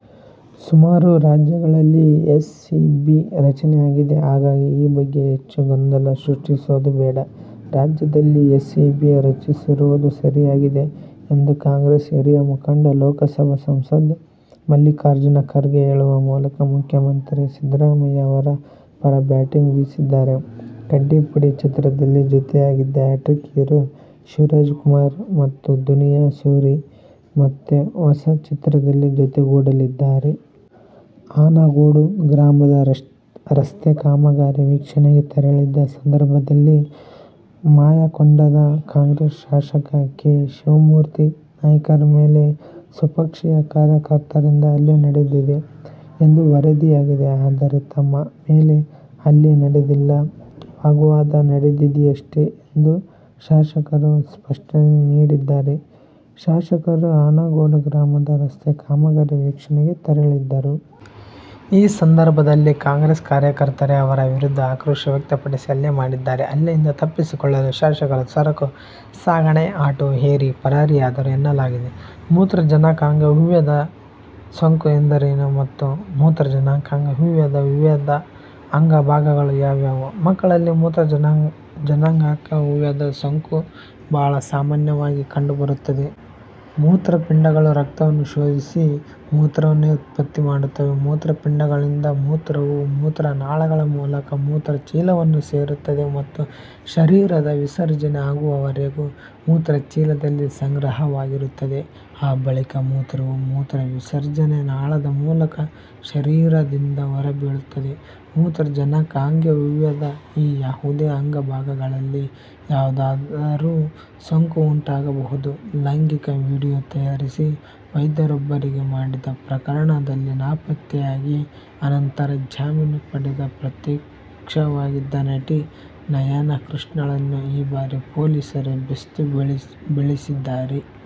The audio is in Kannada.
ಸುಮಾರು ರಾಜ್ಯಗಳಲ್ಲಿ ಎಸಿಬಿ ರಚನೆಯಾಗಿದೆ. ಹಾಗಾಗಿ ಈ ಬಗ್ಗೆ ಹೆಚ್ಚು ಗೊಂದಲ ಸೃಷ್ಟಿಸೋದು ಬೇಡ. ರಾಜ್ಯದಲ್ಲಿ ಎಸಿಬಿ ರಚಿಸಿರುವುದು ಸರಿಯಾಗಿದೆ ಎಂದು ಕಾಂಗ್ರೆಸ್ ಹಿರಿಯ ಮುಖಂಡ, ಲೋಕಸಭಾ ಸಂಸದ ಮಲ್ಲಿಕಾರ್ಜುನ ಖರ್ಗೆ ಹೇಳುವ ಮೂಲಕ ಮುಖ್ಯಮಂತ್ರಿ ಸಿದ್ದರಾಮಯ್ಯ ಅವರ ಪರ ಬ್ಯಾಟಿಂಗ್ ಬೀಸಿದ್ದಾರೆ. 'ಕಡ್ಡಿಪುಡಿ' ಚಿತ್ರದಲ್ಲಿ ಜೊತೆಯಾಗಿದ್ದ ಹ್ಯಾಟ್ರಿಕ್ ಹೀರೊ ಶಿವರಾಜ್ ಕುಮಾರ್ ಮತ್ತು ದುನಿಯಾ ಸೂರಿ ಮತ್ತೆ ಹೊಸ ಚಿತ್ರದಲ್ಲಿ ಜೊತೆಗೂಡಲಿದ್ದಾರೆ. ಆನಗೋಡು ಗ್ರಾಮದ ರಸ್ತೆ ಕಾಮಗಾರಿ ವೀಕ್ಷಣೆಗೆ ತೆರಳಿದ ಸಂದರ್ಭದಲ್ಲಿ ಮಾಯಕೊಂಡದ ಕಾಂಗ್ರೆಸ್ ಶಾಸಕ ಕೆ. ಶಿವಮೂರ್ತಿ ನಾಯ್ಕರ ಮೇಲೆ ಸ್ವಪಕ್ಷೀಯ ಕಾರ್ಯಕರ್ತರಿಂದ ಹಲ್ಲೆ ನಡೆದಿದೆ ಎಂದು ವರದಿಯಾಗಿದೆ. ಆದರೆ, ತಮ್ಮ ಮೇಲೆ ಹಲ್ಲೆ ನಡೆದಿಲ್ಲ. ವಾಗ್ವಾದ ನಡೆದಿದೆಯಷ್ಟೇ ಎಂದು ಶಾಸಕರು ಸ್ಪಷ್ಟನೆ ನೀಡಿದ್ದಾರೆ. ಶಾಸಕರು ಆನಗೋಡು ಗ್ರಾಮದ ರಸ್ತೆ ಕಾಮಗಾರಿ ವೀಕ್ಷಣೆಗೆ ತೆರಳಿದ್ದರು. ಆ ಸಂದರ್ಭದಲ್ಲಿ ಕಾಂಗ್ರೆಸ್ ಕಾರ್ಯಕರ್ತರೇ ಅವರ ವಿರುದ್ಧ ಆಕ್ರೋಶ ವ್ಯಕ್ತಪಡಿಸಿ, ಹಲ್ಲೆ ಮಾಡಿದ್ದಾರೆ. ಹಲ್ಲೆಯಿಂದ ತಪ್ಪಿಸಿಕೊಳ್ಳಲು ಶಾಸಕರು ಸರಕು ಸಾಗಣೆ ಆಟೋ ಏರಿ ಪರಾರಿಯಾದರು ಎನ್ನಲಾಗಿದೆ. ಮೂತ್ರಜನಕಾಂಗವ್ಯೂಹದ ಸೋಂಕು ಎಂದರೇನು ಮತ್ತು ಮೂತ್ರಜನಕಾಂಗ ವ್ಯೂಹದ ವಿವಿಧ ಅಂಗಭಾಗಗಳು ಯಾವುವು? ಮಕ್ಕಳಲ್ಲಿ ಮೂತ್ರಜನಕಾಂಗವ್ಯೂಹದ ಸೋಂಕು ಬಹಳ ಸಾಮಾನ್ಯವಾಗಿ ಕಂಡು ಬರುತ್ತದೆ. ಮೂತ್ರಪಿಂಡಗಳು ರಕ್ತವನ್ನು ಶೋಧಿಸಿ ಮೂತ್ರವನ್ನು ಉತ್ಪತ್ತಿ ಮಾಡುತ್ತವೆ; ಮೂತ್ರಪಿಂಡಗಳಿಂದ ಮೂತ್ರವು ಮೂತ್ರನಾಳಗಳ ಮೂಲಕ ಮೂತ್ರಚೀಲವನ್ನು ಸೇರುತ್ತದೆ ಮತ್ತು ಶರೀರದಿಂದ ವಿಸರ್ಜನೆ ಆಗುವವರೆಗೆ ಮೂತ್ರಚೀಲದಲ್ಲಿ ಸಂಗ್ರಹವಾಗಿರುತ್ತದೆ. ಆ ಬಳಿಕ ಮೂತ್ರವು ಮೂತ್ರವಿಸರ್ಜನಾನಾಳದ ಮೂಲಕ ಶರೀರದಿಂದ ಹೊರಬೀಳುತ್ತದೆ. ಮೂತ್ರಜನಕಾಂಗವ್ಯೂಹದ ಈ ಯಾವುದೇ ಅಂಗ-ಭಾಗಗಳಲ್ಲಿಯಾದರೂ ಸೋಂಕು ಉಂಟಾಗಬಹುದು. ಲೈಂಗಿಕ ವಿಡಿಯೋ ತಯಾರಿಸಿ ವೈದ್ಯರೊಬ್ಬರಿಗೆ ಮಾಡಿದ ಪ್ರಕರಣದಲ್ಲಿ ನಾಪತ್ತೆಯಾಗಿ ಅನಂತರ ಜಾಮೀನು ಪಡೆದು ಪ್ರತ್ಯಕ್ಷವಾಗಿದ್ದ ನಟಿ ನಯನಾಕೃಷ್ಣಳನ್ನು ಈ ಬಾರಿ ಪೊಲೀಸರು ಬೇಸ್ತು ಬೀಳಿಸಿದ್ದಾರೆ.